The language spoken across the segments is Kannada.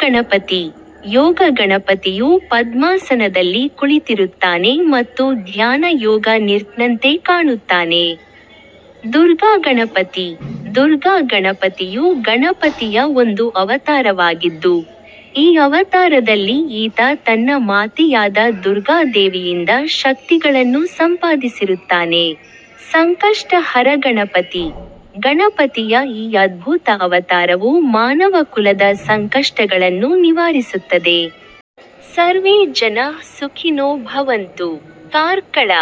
ಯೋಗ ಗಣಪತಿ: ಯೋಗ ಗಣಪತಿಯು ಪದ್ಮಾಸನದಲ್ಲಿ ಕುಳಿತಿರುತ್ತಾನೆ ಮತ್ತು ಧ್ಯಾನ ಯೋಗ ನಿರತನಂತೆ ಕಾಣುತ್ತಾನೆ. ದುರ್ಗಾ ಗಣಪತಿ: ದುರ್ಗಾ ಗಣಪತಿಯು ಗಣಪತಿಯ ಒಂದು ಅವತಾರವಾಗಿದ್ದು, ಈ ಅವತಾರದಲ್ಲಿ ಈತ ತನ್ನ ಮಾತೆಯಾದ ದುರ್ಗಾ ದೇವಿಯಿಂದ ಶಕ್ತಿಗಳನ್ನು ಸಂಪಾದಿಸಿರುತ್ತಾನೆ. ಸಂಕಷ್ಟ ಹರ ಗಣಪತಿ: ಗಣಪತಿಯ ಈ ಅದ್ಭುತ ಅವತಾರವು ಮಾನವ ಕುಲದ ಸಂಕಷ್ಟಗಳನ್ನು ನಿವಾರಿಸುತ್ತದೆ. ಸರ್ವೇ ಜನಃ ಸುಖಿನೋ ಭವಂತು. ಕಾರ್ಕಳ: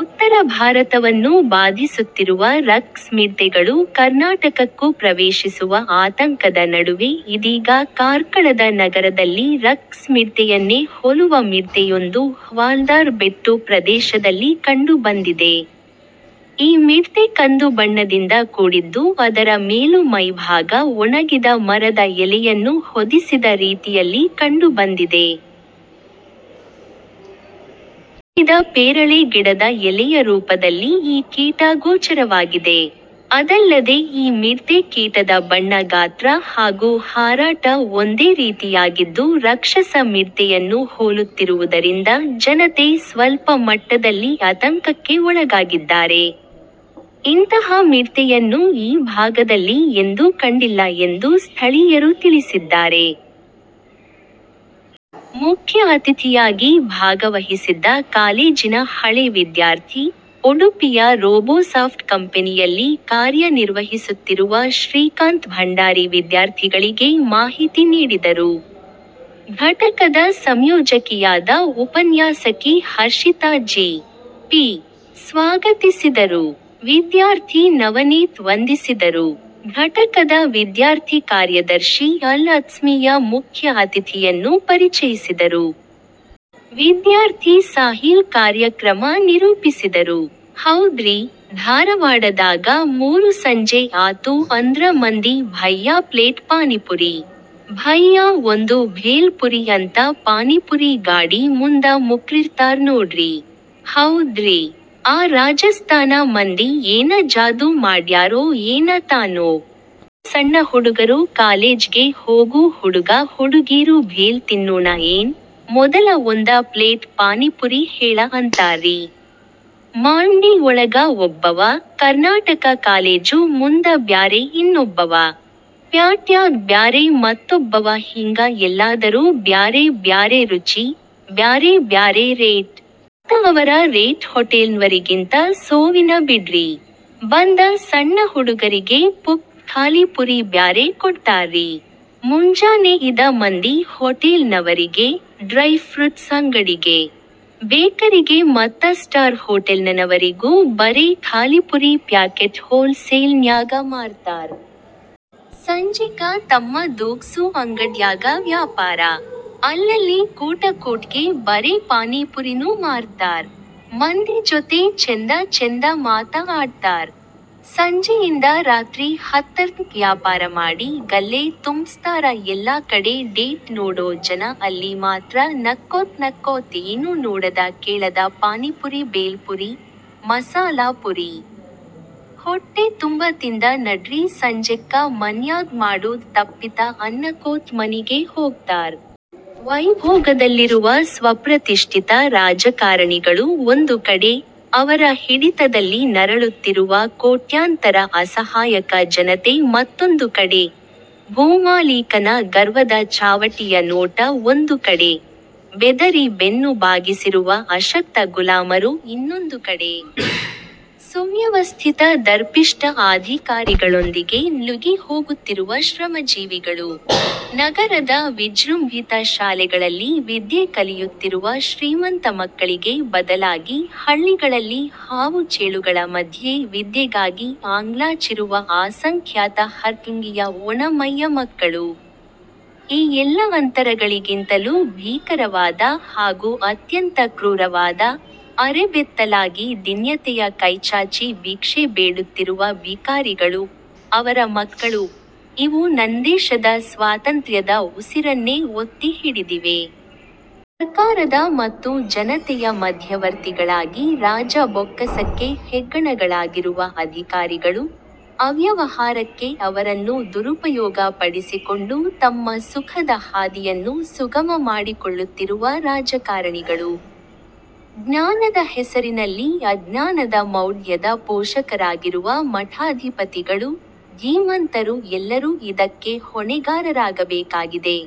ಉತ್ತರ ಭಾರತವನ್ನು ಬಾಧಿಸುತ್ತಿರುವ ರಕ್ಕಸ ಮಿಡತೆಗಳು ಕರ್ನಾಟಕಕ್ಕೂ ಪ್ರವೇಶಿಸುವ ಆತಂಕದ ನಡುವೆ ಇದೀಗ ಕಾರ್ಕಳದ ನಗರದಲ್ಲಿ ರಕ್ಕಸ ಮಿಡತೆಯನ್ನೇ ಹೊಲುವ ಮಿಡತೆಯೊಂದು ಹವಾಲ್ದಾರ್ ಬೆಟ್ಟು ಪ್ರದೇಶದಲ್ಲಿ ಕಂಡು ಬಂದಿದೆ. ಈ ಮಿಡತೆ ಕಂದು ಬಣ್ಣದಿಂದ ಕೂಡಿದ್ದು ಅದರ ಮೇಲು ಮೈಭಾಗ ಒಣಗಿದ ಮರದ ಎಲೆಯನ್ನು ಹೊದಿಸಿದ ರೀತಿಯಲ್ಲಿ ಕಂಡು ಬಂದಿದೆ. ಒಣಗಿದ ಪೇರಳೆ ಗಿಡದ ಎಲೆಯ ರೂಪದಲ್ಲಿ ಈ ಕೀಟ ಗೋಚರವಾಗಿದೆ. ಅದಲ್ಲದೆ ಈ ಮಿಡತೆ ಕೀಟದ ಬಣ್ಣ ಗಾತ್ರ ಹಾಗೂ ಹಾರಾಟ ಒಂದೇ ರೀತಿಯಾಗಿದ್ದು ರಕ್ಷಸ ಮಿಡತೆಯನ್ನು ಹೋಲುತ್ತಿರುವುದರಿಂದ ಜನತೆ ಸ್ವಲ್ಪ ಮಟ್ಟದಲ್ಲಿ ಅತಂಕಕ್ಕೆ ಒಳಗಾಗಿದ್ದಾರೆ. ಇಂತಹ ಮಿಡತೆಯನ್ನು ಈ ಭಾಗದಲ್ಲಿ ಎಂದೂ ಕಂಡಿಲ್ಲ ಎಂದು ಸ್ಥಳೀಯರು ತಿಳಿಸಿದ್ದಾರೆ. ಮುಖ್ಯ ಅತಿಥಿಯಾಗಿ ಭಾಗವಹಿಸಿದ್ದ ಕಾಲೇಜಿನ ಹಳೆ ವಿದ್ಯಾರ್ಥಿ, ಉಡುಪಿಯ ರೋಬೋಸಾಫ್ಟ್ ಕಂಪೆನಿಯಲ್ಲಿ ಕಾರ್ಯ ನಿರ್ವಹಿಸುತ್ತಿರುವ ಶ್ರೀಕಾಂತ್ ಭಂಡಾರಿ ವಿದ್ಯಾರ್ಥಿಗಳಿಗೆ ಮಾಹಿತಿ ನೀಡಿದರು. ಘಟಕದ ಸಂಯೋಜಕಿಯಾದ ಉಪನ್ಯಾಸಕಿ ಹರ್ಷಿತಾ ಜಿ. ಪಿ. ಸ್ವಾಗತಿಸಿದರು. ವಿದ್ಯಾರ್ಥಿ ನವನೀತ್ ವಂದಿಸಿದರು. ಘಟಕದ ವಿದ್ಯಾರ್ಥಿ ಕಾರ್ಯದರ್ಶಿ ಅಲ್-ತಸ್ಮೀಯ ಮುಖ್ಯ ಅತಿಥಿಯನ್ನು ಪರಿಚಯಿಸಿದರು. ವಿದ್ಯಾರ್ಥಿ ಸಾಹಿಲ್ ಕಾರ್ಯಕ್ರಮ ನಿರೂಪಿಸಿದರು. ಹೌದ್ರೀ, ಧಾರವಾಡದಾಗ ಮೂರು ಸಂಜೆ ಆತು ಅಂದ್ರ ಮಂದಿ ಭಯ್ಯಾ ಪ್ಲೇಟ್ ಪಾನಿಪುರಿ. ಭಯ್ಯಾ ಒಂದು ಭೇಲ್ ಪುರಿ ಅಂತ ಪಾನಿಪುರಿ ಗಾಡಿ ಮುಂದ ಮುಕರಿರತಾರ ನೋಡ್ರಿ. ಹೌದ್ರೀ, ಆ ರಾಜಸ್ತಾನ ಮಂದಿ ಏನ ಜಾದೂ ಮಾಡ್ಯಾರೊ ಏನ ತಾನೋ. ಎಲ್ಲಾ ಸಣ್ಣ ಹುಡುಗರು ಕಾಲೇಜಗೆ ಹೋಗೂ ಹುಡುಗ ಹುಡುಗೀರೂ ಭೇಲ್ ತಿನ್ನೋಣ ಏನ್, ಮೊದಲ ಒಂದ ಪ್ಲೇಟ್ ಪಾನಿಪುರಿ ಹೇಳ ಅಂತಾರ್ರಿ. ಮಾಳಮಡ್ಡಿ ಒಳಗ ಒಬ್ಬವ, ಕರ್ನಾಟಕ ಕಾಲೇಜು ಮುಂದ ಬ್ಯಾರೆ ಇನ್ನೊಬ್ಬವ. ಪ್ಯಾಟ್ಯಾಗ ಬ್ಯಾರೆ ಮತ್ತೊಬ್ಬವ ಹಿಂಗ ಎಲ್ಲಾದರೂ ಬ್ಯಾರೆ ಬ್ಯಾರೆ ರುಚಿ, ಬ್ಯಾರೇ ಬ್ಯಾರೇ ರೇಟ. ಮತ್ತ ಅವರ ರೇಟ ಹೊಟೇಲನವರಿಗಿಂತ ಸೋವಿನ ಬಿಡ್ರಿ. ಬಂದ ಸಣ್ಣ ಹುಡುಗರಿಗೆ ಪುಕ್ಕಟ ಖಾಲಿ ಪುರಿ ಬ್ಯಾರೆ ಕೊಡತಾರ್ರಿ. ಮುಂಜಾನೆ ಇದ ಮಂದಿ ಹೊಟೇಲ್ ನವರಿಗೆ, ಡ್ರಯ್ ಫ್ರುಟ್ಸ್ ಅಂಗಡಿಗೆ, ಬೇಕರಿಗೆ ಮತ್ತ ಸ್ಟಾರ್ ಹೋಟೆಲ್ನನವರಿಗೂ ಬರೇ ಖಾಲಿಪುರಿ ಪ್ಯಾಕೆಟ್ ಹೋಲ್ ಸೇಲ್ ನ್ಯಾಗ ಮಾರತಾರ. ಸಂಜಿಕ ತಮ್ಮ ದೂಗಸು ಅಂಗಡ್ಯಾಗ ವ್ಯಾಪಾರ. ಅಲ್ಲಲ್ಲಿ ಕೂಟ ಕೂಟಗೆ ಬರೇ ಪಾನೀಪುರಿನೂ ಮಾರತಾರ. ಮಂದಿ ಜೊತೆ ಚೆಂದ ಚೆಂದ ಮಾತ ಆಡತಾರ. ಸಂಜೆಯಿಂದ ರಾತ್ರಿ ಹತ್ತರತನಕ ವ್ಯಾಪಾರ ಮಾಡಿ ಗಲ್ಲೆ ತುಂಬಸ್ತಾರ ಎಲ್ಲಾ ಕಡೆ ಡೇಟ್ ನೋಡೊ ಜನ ಅಲ್ಲಿ ಮಾತ್ರ ನಕ್ಕೊತ ನಕ್ಕೊತ ಏನೂ ನೋಡದ ಕೇಳದ ಪಾನಿಪುರಿ ಬೇಲ್ ಪುರಿ, ಮಸಾಲಾ ಪುರಿ, ಹೊಟ್ಟೆ ತುಂಬ ತಿಂದ ನಡ್ರೀ ಸಂಜೆಕ್ಕ ಮನ್ಯಾಗ ಮಾಡೂದ ತಪ್ಪಿತ ಅನ್ನಕೋತ ಮನಿಗೆ ಹೋಗತಾರ. ವೈಭೋಗದಲ್ಲಿರುವ ಸ್ವಪ್ರತಿಷ್ಟಿತ ರಾಜಕಾರಣಿಗಳು ಒಂದು ಕಡೆ, ಅವರ ಹಿಡಿತದಲ್ಲಿ ನರಳುತ್ತಿರುವ ಕೋಟ್ಯಾಂತರ ಅಸಹಾಯಕ ಜನತೆ ಮತ್ತೊಂದು ಕಡೆ; ಭೂಮಾಲೀಕನ ಗರ್ವದ ಚಾವಟಿಯ ನೋಟ ಒಂದು ಕಡೆ; ಬೆದರಿ ಬೆನ್ನು ಬಾಗಿಸಿರುವ ಅಶಕ್ತ ಗುಲಾಮರು ಇನ್ನೊಂದು ಕಡೆ; ಸುವ್ಯವಸ್ಥಿತ ದರ್ಪಿಷ್ಟ ಆಧಿಕಾರಿಗಳೊಂದಿಗೆ ನಲುಗಿ ಹೋಗುತ್ತಿರುವ ಶ್ರಮಜೀವಿಗಳು; ನಗರದ ವಿಜೃಂಭಿತ ಶಾಲೆಗಳಲ್ಲಿ ವಿದ್ಯೆ ಕಲಿಯುತ್ತಿರುವ ಶ್ರೀಮಂತ ಮಕ್ಕಳಿಗೆ ಬದಲಾಗಿ ಹಳ್ಳಿಗಳಲ್ಲಿ ಹಾವು ಚೇಳುಗಳ ಮಧ್ಯೆ ವಿದ್ಯೆಗಾಗಿ ಆಂಗಲಾಚಿರುವ ಆಸಂಖ್ಯಾತ ಹರಕಲಂಗಿಯ ಒಣ ಮೈಯ ಮಕ್ಕಳು; ಈ ಎಲ್ಲ ಅಂತರಗಳಿಗಿಂತಲೂ ಭೀಕರವಾದ ಹಾಗೂ ಅತ್ಯಂತ ಕ್ರೂರವಾದ, ಅರೆಬೆತ್ತಲಾಗಿ ದೈನ್ಯತೆಯ ಕೈಚಾಚಿ ಭಿಕ್ಷೆ ಬೇಡುತ್ತಿರುವ ಭಿಕಾರಿಗಳು, ಅವರ ಮಕ್ಕಳು; ಇವು ನನ್ನದೇಶದ ಸ್ವಾತಂತ್ರ್ಯದ ಉಸಿರನ್ನೇ ಒತ್ತಿ ಹಿಡಿದಿವೆ. ಸರ್ಕಾರದ ಮತ್ತು ಜನತೆಯ ಮಧ್ಯವರ್ತಿಗಳಾಗಿ ರಾಜ ಬೊಕ್ಕಸಕ್ಕೆ ಹೆಗ್ಗಣಗಳಾಗಿರುವ ಅಧಿಕಾರಿಗಳು, ಅವ್ಯವಹಾರಕ್ಕೆ ಅವರನ್ನು ದುರುಪಯೋಗ ಪಡಿಸಿಕೊಂಡು ತಮ್ಮ ಸುಖದ ಹಾದಿಯನ್ನು ಸುಗಮ ಮಾಡಿಕೊಳ್ಳುತ್ತಿರುವ ರಾಜಕಾರಣಿಗಳು, ಜ್ಞಾನದ ಹೆಸರಿನಲ್ಲಿ ಅಜ್ಞಾನದ ಮೌಢ್ಯದ ಪೋಷಕರಾಗಿರುವ ಮಠಾಧಿಪತಿಗಳು, ಧೀಮಂತರು ಎಲ್ಲರೂ ಇದಕ್ಕೆ ಹೊಣೆಗಾರರಾಗಬೇಕಾಗಿದೆ.